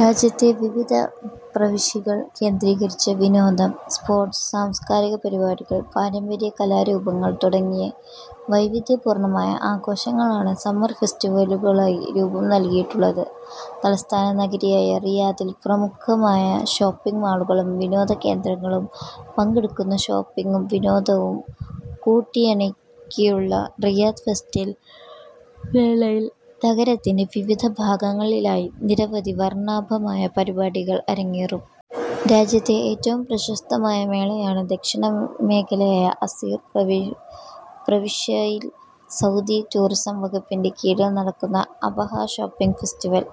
രാജ്യത്തെ വിവിധ പ്രവിശ്യകൾ കേന്ദ്രീകരിച്ച് വിനോദം, സ്പോർട്സ്, സാംസ്കാരിക പരിപാടികൾ, പാരമ്പര്യ കലാരൂപങ്ങൾ തുടങ്ങി വൈവിധ്യപൂർണമായ ആഘോഷങ്ങളാണ് സമ്മർ ഫെസ്റ്റിവലുകളായി രുപം നൽകിയിട്ടുള്ളത്. തലസ്ഥാന നഗരിയായ റിയാദിൽ പ്രമുഖമായ ഷോപ്പിങ് മാളുകളും വിനോദ കേന്ദ്രങ്ങളും പങ്കെടുക്കുന്ന ഷോപ്പിംഗും വിനോദവും കൂട്ടിയിണക്കിയുള്ള റിയാദ് ഫെസ്റ്റിവൽ മേളയിൽ നഗരത്തിന്റെ വിവിധ ഭാഗങ്ങളിലായി നിരവധി വർണാഭമായ പരിപാടികൾ അരങ്ങേറും. രാജ്യത്തെ ഏറ്റവും പ്രശസ്തമായ മേളയാണ് ദക്ഷിണ മേഖലയായ അസീർ പ്രവിശ്യയിൽ സൗദി ടൂറിസം വകുപ്പിന്റെ കീഴിൽ നടക്കുന്ന അബഹ ഷോപ്പിങ് ഫെസ്റ്റിവിൽ.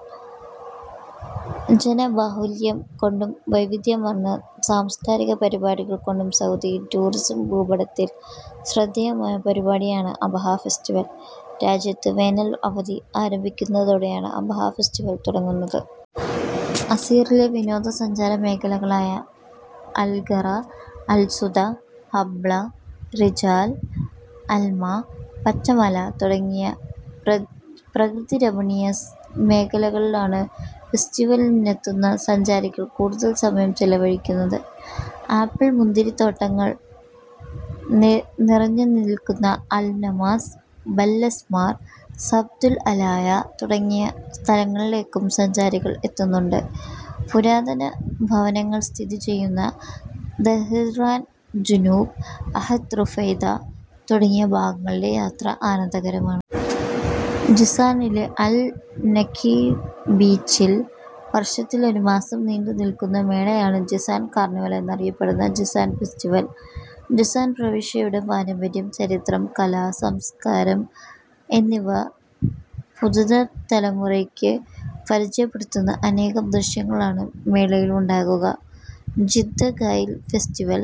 ജനബാഹുല്യം കൊണ്ടും വൈവിധ്യമാർന്ന സാംസ്കാരിക പരിപാടികൾ കൊണ്ടും സൗദിയിലെ ടൂറിസം ഭൂപടത്തിൽ ശ്രദ്ധേയമായ പരിപാടിയാണ് അബ്ഹ ഫെസ്റ്റിവൽ. രാജ്യത്ത് വേനൽ അവധി ആരംഭിക്കന്നതോടെയാണ് അബ്ഹ ഫെസ്റ്റിവൽ തുടങ്ങുന്നത്. അസീറിലെ വിനോദ സഞ്ചാരമേഖലകളായ അൽഗറ, അൽസുദ, ഹബ്ല, രിജാൽ അൽമ, പച്ചമല തുടങ്ങിയ പ്രകൃതിരമണിയ മേഖലകളിലാണ് ഫെസ്റ്റിവലിനെത്തുന്ന സഞ്ചാരികൾ കൂടുതൽ സമയം ചെലവഴിക്കുന്നത്. ആപ്പിൾ മുന്തിരിത്തോട്ടങ്ങൾ നിറഞ്ഞുനിൽക്കുന്ന അൽ നമാസ്, ബല്ലസ്മാർ, സബ്തുൽ അലായ തുടങ്ങിയ സ്ഥലങ്ങളിലേക്കും സഞ്ചാരികൾ എത്തുന്നുണ്ട്. പുരാതന ഭവനങ്ങൾ സ്ഥിതി ചെയ്യുന്ന ദഹ്റാൻ ജുനൂബ്, അഹദ് റുഫൈദ തുടങ്ങിയ ഭാഗങ്ങളിലെ യാത്ര ആനന്ദകരമാണ്. ജിസാനിലെ അൽ നഖീൽ ബീച്ചിൽ വർഷത്തിൽ ഒരു മാസം നീണ്ടുനിൽക്കുന്ന മേളയാണ് ജിസാൻ കാർണിവൽ എന്നറിയപ്പെടുന്ന ജിസാൻ ഫെസ്റ്റിവൽ. ജിസാൻ പ്രവിശ്യയുടെ പാരമ്പര്യം, ചരിത്രം, കല, സംസ്കാരം എന്നിവ പുതുതലമുറക്ക് പരിചയപ്പെടുത്തുന്ന അനേകം ദൃശ്യങ്ങളാണ് മേളയിലുണ്ടാകുക. ജിദ്ദ ഗൈർ ഫെസ്റ്റിവൽ,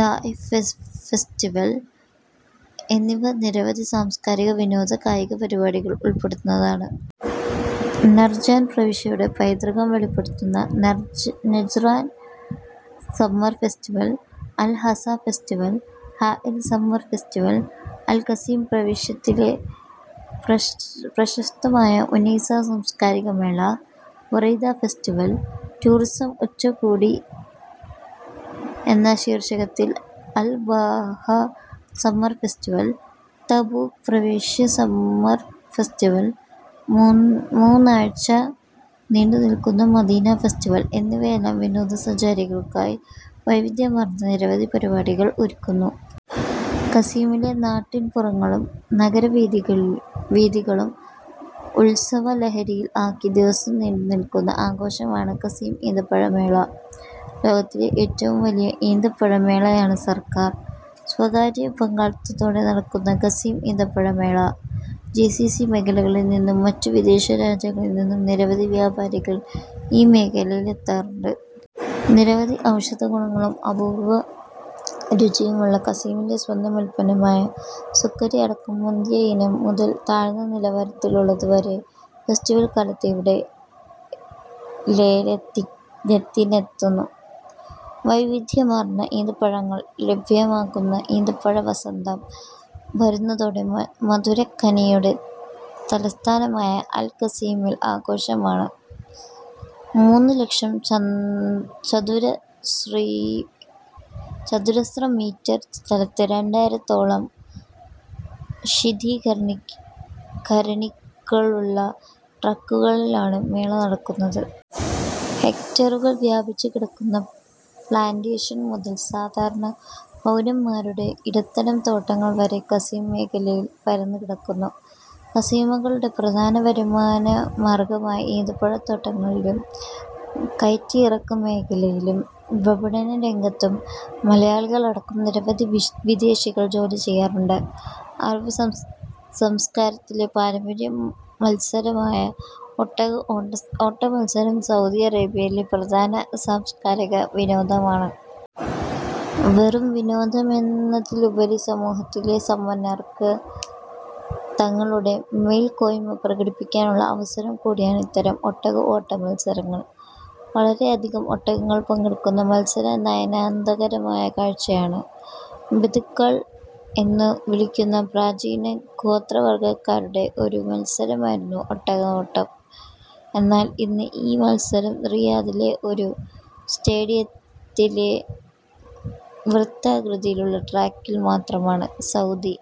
താഇഫ് ഫെസ്റ്റവിൽ എന്നിവ നിരവധി സാംസ്കാരിക, വിനോദ, കായിക പരിപാടികൾ ഉൾപ്പെടുന്നതാണ്. നജ്റാൻ പ്രവിശ്യയുടെ പൈതൃകം വെളിപ്പെടുത്തുന്ന Najran summer festival, Al Hasa festival, Hail summer festival, Al Qassim പ്രവിശ്യയിലെ പ്രശസ്തമായ ഉനൈസ സാംസ്കാരിക മേള, ബുറൈദ ഫെസ്റ്റിവൽ. ടൂറിസം ഉച്ചകോടി എന്ന ശീർഷകത്തിൽ Al Baha summer festival, Tabuk പ്രവിശ്യ സമ്മർ ഫെസ്റ്റിവൽ, മൂന്നാഴ്ച നീണ്ടുനിൽക്കുന്ന മദീന ഫെസ്റ്റിവൽ എന്നിവയെല്ലാം വിനോദസഞ്ചാരികൾക്കായി വൈവിദ്യമാർന്ന നിരവധി പരിപാടികൾ ഒരുക്കുന്നു. ഖസീമിലെ നാട്ടിൻപുറങ്ങളും നഗരവീഥികളും ഉൽസവലഹരിയിൽ ആക്കി ദിവസം നീണ്ടുനിൽക്കുന്ന ആഘോഷമാണ് ഖസീം ഈന്തപ്പഴ മേള. ലോകത്തിലെ ഏറ്റവും വലിയ ഈന്തപ്പഴ മേളയാണ് സർക്കാർ, സ്വകാര്യ പങ്കാളിത്തതോടെ നടക്കുന്ന ഖസീം ഈന്തപ്പഴ മേള. ജിസിസി മേഖലകളിൽ നിന്നും മറ്റു വിദേശ രാജ്യങ്ങിൽ നിന്നും നിരവധി വ്യാപാരികൾ ഈ മേളയിലെത്താറുണ്ട്. നിരവധി ഔഷധ ഗുണങ്ങളും അപൂർവ രുചിയുമുള്ള ഖസീമിന്റെ സ്വന്തം ഉൽപന്നമായ സുക്കരി അടക്കം മുന്തിയ ഇനം മുതൽ താഴ്ന്ന നിലവാരത്തിലുള്ളത് വരെ ഫെസ്റ്റിവൽ കാലത്ത് ഇവിടെ ലേലത്തിനെത്തുന്നു. വൈവിധ്യമാർന്ന ഈന്തപ്പഴങ്ങൾ ലഭ്യമാകുന്ന ഈന്തപ്പഴ വസന്തം വരുന്നതോടെ മധുരക്കനിയുടെ തലസ്ഥാനമായ അൽ-ഖസീമിൽ ആഘോഷമാണ്. മൂന്നു ലക്ഷം ചതുരശ്രമീറ്റർ സ്ഥലത്തു രണ്ടയിരത്തോളം ശീതീകരണികളുളള ട്രക്കുകളിലാണു മേള നടക്കുന്നത്. ഹെക്ടറുകൾ വ്യാപിച്ചുകിടക്കുന്ന പ്ലാന്റെഷൻ മുതൽ സാധാരണ പൗരൻമാരുടെ ഇടത്തരം തോട്ടങ്ങൾ വരെ ഖസീം മേഖലയിൽ പരന്നു കിടക്കുന്നു. ഖസീമികളുടെ പ്രധാന വരുമാന മാർഗ്ഗമായ ഈന്തപ്പഴ തോട്ടങ്ങളിലും കയറ്റിറക്ക് മേഖലയിലും വിപണന രംഗത്തും മലയാളികളടക്കം നിരവധി വിദേശികൾ ജോലി ചെയ്യുന്നുണ്ട്. അറബ് സംസ്കാരത്തിലെ പാരമ്പര്യ മൽസരമായ ഒട്ടക ഓട്ടമത്സരം സൗദി അറേബ്യയിലെ പ്രധാന സാംസ്കാരിക വിനോദമാണ്. വെറും ഒരു വിനോദമെന്നതിലുപരി സമൂഹത്തിലെ സമ്പന്നർക്ക് തങ്ങളുടെ മേൽക്കോയ്മ പ്രകടിപ്പിക്കാനുള്ള അവസരം കൂടിയാണ് ഇത്തരം ഒട്ടക ഓട്ട മത്സരങ്ങൾ. വളരെയധികം ഒട്ടകങ്ങൾ പങ്കെടുക്കുന്ന മത്സരം നയനാന്ദകരമായ കാഴ്ചയാണ്. ബെദുക്കൾ എന്നു വിളിക്കുന്ന പ്രാചീന ഗോത്രവർഗ്ഗക്കാരുടെ ഒരു മത്സരം ആയിരുന്നു ഒട്ടക ഓട്ടം. എന്നാൽ ഇന്ന് ഈ മത്സരം റിയാദിലെ ഒരു സ്റ്റേഡിയത്തിലെ വൃത്താകൃതിയിലുള്ള ട്രാക്കിൽ മാത്രമാണ്. സൗദി